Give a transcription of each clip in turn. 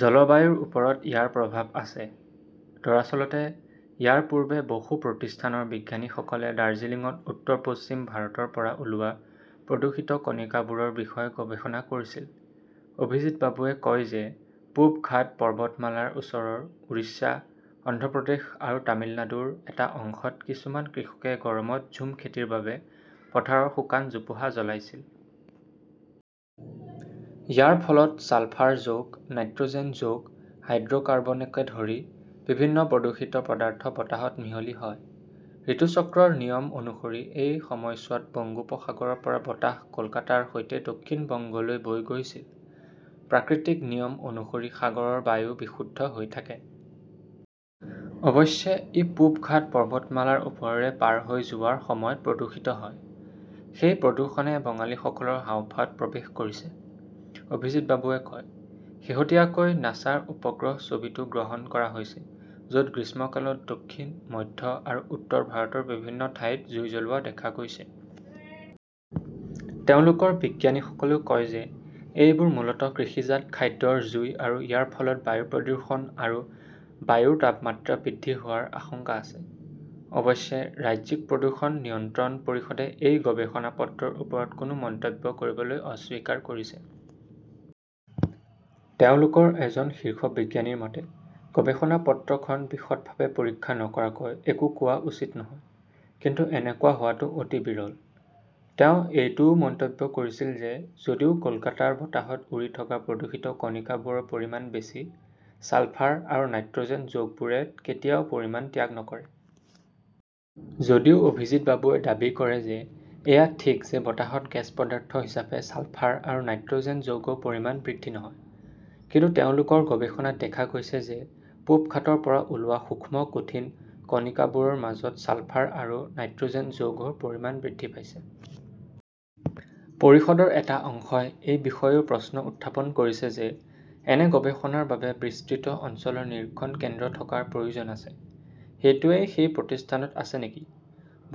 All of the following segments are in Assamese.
জলবায়ুৰ ওপৰতো ইয়াৰ প্ৰভাৱ আছে। দৰাচলতে, ইয়াৰ পূৰ্বে বসু প্ৰতিষ্ঠানৰ বিজ্ঞানীসকলে দাৰ্জিলিংত উত্তৰ-পশ্চিম ভাৰতৰ পৰা ওলোৱা প্ৰদূষিত কণিকাবোৰৰ বিষয়ে গৱেষণা কৰিছিল। অভিজিৎ বাবুৱে কয় যে, পূব ঘাট পৰ্বতমালাৰ ওচৰৰ উৰিষ্যা, অন্ধ্ৰ প্ৰদেশ আৰু তামিলনাডুৰ এটা অংশত কিছুমান কৃষকে গৰমত ঝুম খেতিৰ বাবে পথাৰৰ শুকান জোপোহা জ্বলাইছিল। ইয়াৰ ফলত ছালফাৰ যৌগ, নাইট্ৰ'জেন যৌগ, হাইড্ৰ'কাৰ্বনকে ধৰি বিভিন্ন প্ৰদূষিত পদাৰ্থ বতাহত মিহলি হয়। ঋতুচক্ৰৰ নিয়ম অনুসৰি এই সময়ছোৱাত বংগোপ সাগৰৰ পৰা বতাহ কলকাতাৰ সৈতে দক্ষিণ বংগলৈ বৈ গৈছিল। "প্ৰাকৃতিক নিয়ম অনুসৰি সাগৰৰ বায়ু বিশুদ্ধ হৈ থাকে। অৱশ্যে, ই পূব ঘাট পৰ্বতমালাৰ ওপৰেৰে পাৰ হৈ যোৱাৰ সময়ত প্ৰদূষিত হয়। সেই প্ৰদূষণে বঙালীসকলৰ হাঁওফাঁওত প্ৰৱেশ কৰিছে", অভিজিৎ বাবুৱে কয়। শেহতীয়াকৈ নাছাৰ উপগ্ৰহ ছবিতো গ্ৰহণ কৰা হৈছে, য'ত গ্ৰীষ্মকালত দক্ষিণ, মধ্য আৰু উত্তৰ ভাৰতৰ বিভিন্ন ঠাইত জুই জ্বলোৱা দেখা গৈছে। তেওঁলোকৰ বিজ্ঞানীসকলেও কয় যে, এইবোৰ মূলতঃ কৃষিজাত খাদ্যৰ জুই আৰু ইয়াৰ ফলত বায়ু প্ৰদূষণ আৰু বায়ুৰ তাপমাত্ৰা বৃদ্ধি হোৱাৰ আশংকা আছে। অৱশ্যে ৰাজ্যিক প্ৰদূষণ নিয়ন্ত্ৰণ পৰিষদে এই গৱেষণা পত্ৰৰ ওপৰত কোনো মন্তব্য কৰিবলৈ অস্বীকাৰ কৰিছে। তেওঁলোকৰ এজন শীৰ্ষ বিজ্ঞানীৰ মতে, "গৱেষণা পত্ৰখন বিশদভাৱে পৰীক্ষা নকৰাকৈ একো কোৱা উচিত নহয়। কিন্তু এনেকুৱা হোৱাটো অতি বিৰল"। তেওঁ এইটোও মন্তব্য কৰিছিল যে, যদিও কলকাতাৰ বতাহত উৰি থকা প্ৰদূষিত কণিকাবোৰৰ পৰিমাণ বেছি, ছালফাৰ আৰু নাইট্ৰ'জেন যৌগবোৰে কেতিয়াও পৰিমাণ ত্যাগ নকৰে। যদিও অভিজিৎ বাবুৱে দাবী কৰে যে, এয়া ঠিক যে বতাহত গেছ পদাৰ্থ হিচাপে ছালফাৰ আৰু নাইট্ৰ'জেন যৌগৰ পৰিমাণ বৃদ্ধি নহয়। কিন্তু তেওঁলোকৰ গৱেষণাত দেখা গৈছে যে, পূব ঘাটৰ পৰা ওলোৱা সূক্ষ্ম কঠিন কণিকাবোৰৰ মাজত ছালফাৰ আৰু নাইট্ৰ'জেন যৌগৰ পৰিমাণ বৃদ্ধি পাইছে। পৰিষদৰ এটা অংশই এই বিষয়েও প্ৰশ্ন উত্থাপন কৰিছে যে, এনে গৱেষণাৰ বাবে বিস্তৃত অঞ্চলত নিৰীক্ষণ কেন্দ্ৰ থকাৰ প্ৰয়োজন আছে। সেইটোৱেই সেই প্ৰতিষ্ঠানত আছে নেকি?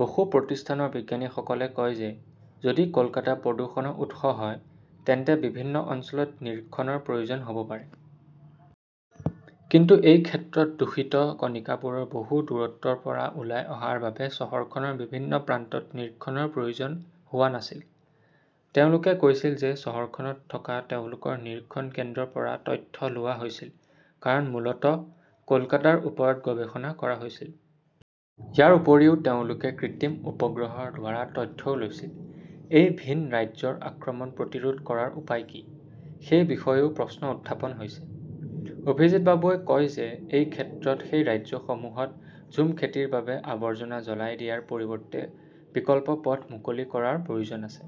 বসু প্ৰতিষ্ঠানৰ বিজ্ঞানীসকলে কয় যে, যদি কলকাতা প্ৰদূষণৰ উৎস হয়, তেন্তে বিভিন্ন অঞ্চলত নিৰীক্ষণৰ প্ৰয়োজন হব পাৰে। কিন্তু এই ক্ষেত্ৰত দূষিত কণিকাবোৰ বহু দূৰত্বৰ পৰা ওলাই অহাৰ বাবে চহৰখনৰ বিভিন্ন প্ৰান্তত নিৰীক্ষণৰ প্ৰয়োজন হোৱা নাছিল। তেওঁলোকে কৈছিল যে, চহৰখনত থকা তেওঁলোকৰ নিৰীক্ষণ কেন্দ্ৰৰ পৰা তথ্য লোৱা হৈছিল, কাৰণ মূলতঃ কলকাতাৰ ওপৰত গৱেষণা কৰা হৈছিল। ইয়াৰ উপৰিও তেওঁলোকে কৃত্ৰিম উপগ্ৰহৰ দ্বাৰা তথ্যও লৈছিল। এই ভিন ৰাজ্যৰ আক্ৰমণ প্ৰতিৰোধ কৰাৰ উপায় কি, সেই বিষয়েও প্ৰশ্ন উত্থাপন হৈছে। অভিজিৎ বাবুৱে কয় যে, এই ক্ষেত্ৰত সেই ৰাজ্যসমূহত ঝুম খেতিৰ বাবে আৱৰ্জনা জ্বলাই দিয়াৰ পৰিৱৰ্তে বিকল্প পথ মুকলি কৰাৰ প্ৰয়োজন আছে।